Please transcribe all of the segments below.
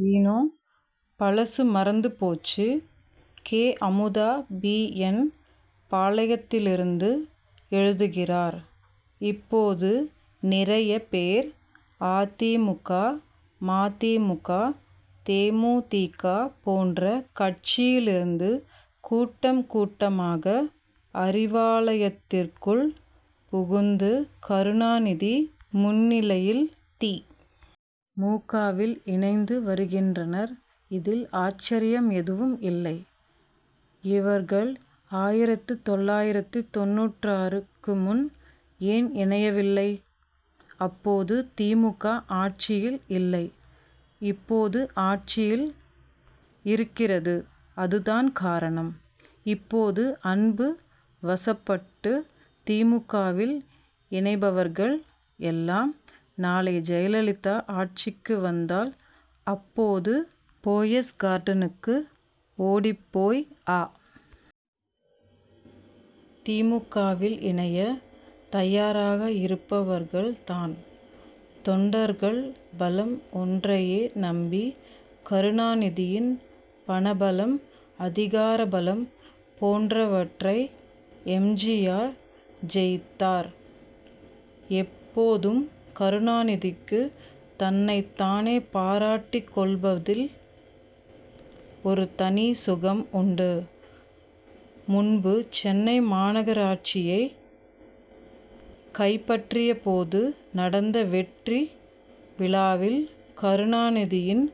வீணோ. பழசு மறந்து போச்சு! கே. அமுதா பி. என். பாளையத்திலிருந்து எழுதுகிறார் இப்போது நிறைய பேர் அ. தி. மு. க. ம. தி. மு. க. தே. மு. தி. க. போன்ற கட்சியில் இருந்து கூட்டம் கூட்டமாக அறிவாலயத்துக்குள் புகுந்து கருணாநிதி முன்னிலையில் தி. மு. க.வில் இணைந்து வருகின்றனர் இதில் ஆச்சரியம் எதுவும் இல்லை. இவர்கள் ஆயிரத்து தொள்ளாயிரத்து தொண்ணூற்றாறு-க்கு முன் ஏன் இணையவில்லை? அப்போது தி. மு. க. ஆட்சியில் இல்லை இப்போது ஆட்சியில் இருக்கிறது அதுதான் காரணம். இப்போது அன்பு வசப்பட்டு தி. மு. க.வில் இணைபவர்கள் எல்லாம் நாளை ஜெயலலிதா ஆட்சிக்கு வந்தால் அப்போது போயஸ் கார்டனுக்கு ஓடிப்போய் அ. தி. மு. க.வில் இணைய தயாராக இருப்பவர்கள் தான். தொண்டர்கள் பலம் ஒன்றையே நம்பி கருணாநிதியின் பண பலம் அதிகார பலம் போன்றவற்றை எம். ஜி. ஆர். ஜெயித்தார். எப்போதும் கருணாநிதிக்கு தன்னைத் தானே பாராட்டிக் கொள்வதில் ஒரு தனி சுகம் உண்டு. முன்பு சென்னை மாநகராட்சியை கைப்பற்றியபோது நடந்த வெற்றி விழாவில் கருணாநிதியின்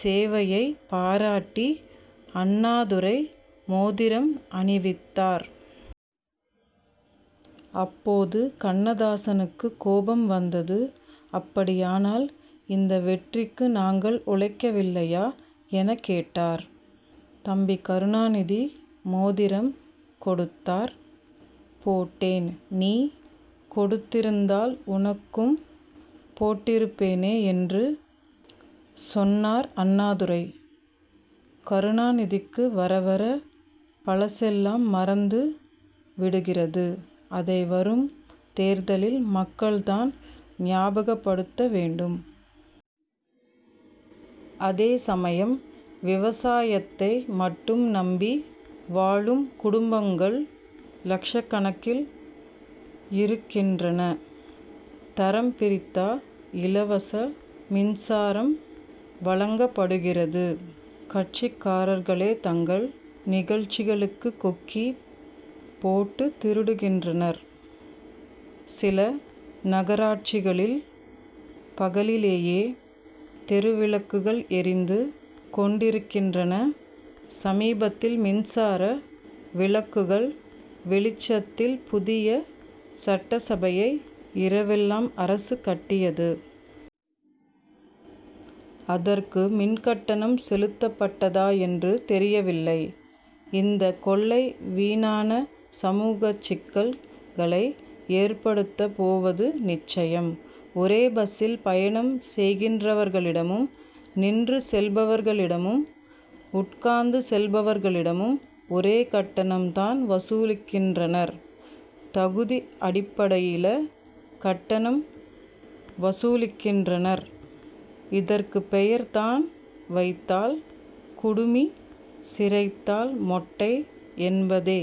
சேவையை பாராட்டி அண்ணாதுரை மோதிரம் அணிவித்தார். அப்போது கண்ணதாசனுக்கு கோபம் வந்தது அப்படியானால் இந்த வெற்றிக்கு நாங்கள் உழைக்கவில்லையா? எனக் கேட்டார். தம்பி கருணாநிதி மோதிரம் கொடுத்தார் போட்டேன். நீ கொடுத்திருந்தால் உனக்கும் போட்டிருப்பேனே என்று சொன்னார் அண்ணாதுரை. கருணாநிதிக்கு வரவர பழசெல்லாம் மறந்து விடுகிறது. அதை வரும் தேர்தலில் மக்கள் தான் ஞாபகப்படுத்த வேண்டும். அதே சமயம் விவசாயத்தை மட்டும் நம்பி வாழும் குடும்பங்கள் லட்சக்கணக்கில் இருக் கின்றன. தரம் பிரித்தா இலவச மின்சாரம் வழங்கப்படுகிறது? கட்சிக்காரர்களே தங்கள் நிகழ்ச்சிகளுக்கு கொக்கி போட்டு திருடுகின்றனர். சில நகராட்சிகளில் பகலிலேயே தெரு விளக்குகள் எரிந்து கொண்டிருக்கின்றன. சமீபத்தில் மின்சார விளக்குகள் வெளிச்சத்தில் புதிய சட்டசபையை இரவெல்லாம் அரசு கட்டியது. அதற்கு மின்கட்டணம் செலுத்தப்பட்டதா என்று தெரியவில்லை. இந்த கொள்கை வீணான சமூகச் சிக்கல்களை ஏற்படுத்தப் போவது நிச்சயம். ஒரே பஸ்சில் பயணம் செய்கிறவர்களிடம் நின்று செல்பவர்களிடமும் உட்கார்ந்து செல்பவர்களிடமும் ஒரே கட்டணம் தான் வசூலிக்கின்றனர். தகுதி அடிப்படையிலா கட்டணம் வசூலிக்கின்றனர்? இதற்குப் பெயர் தான் வைத்தால் குடுமி சிரைத் தால் மொட்டை என்பதெ?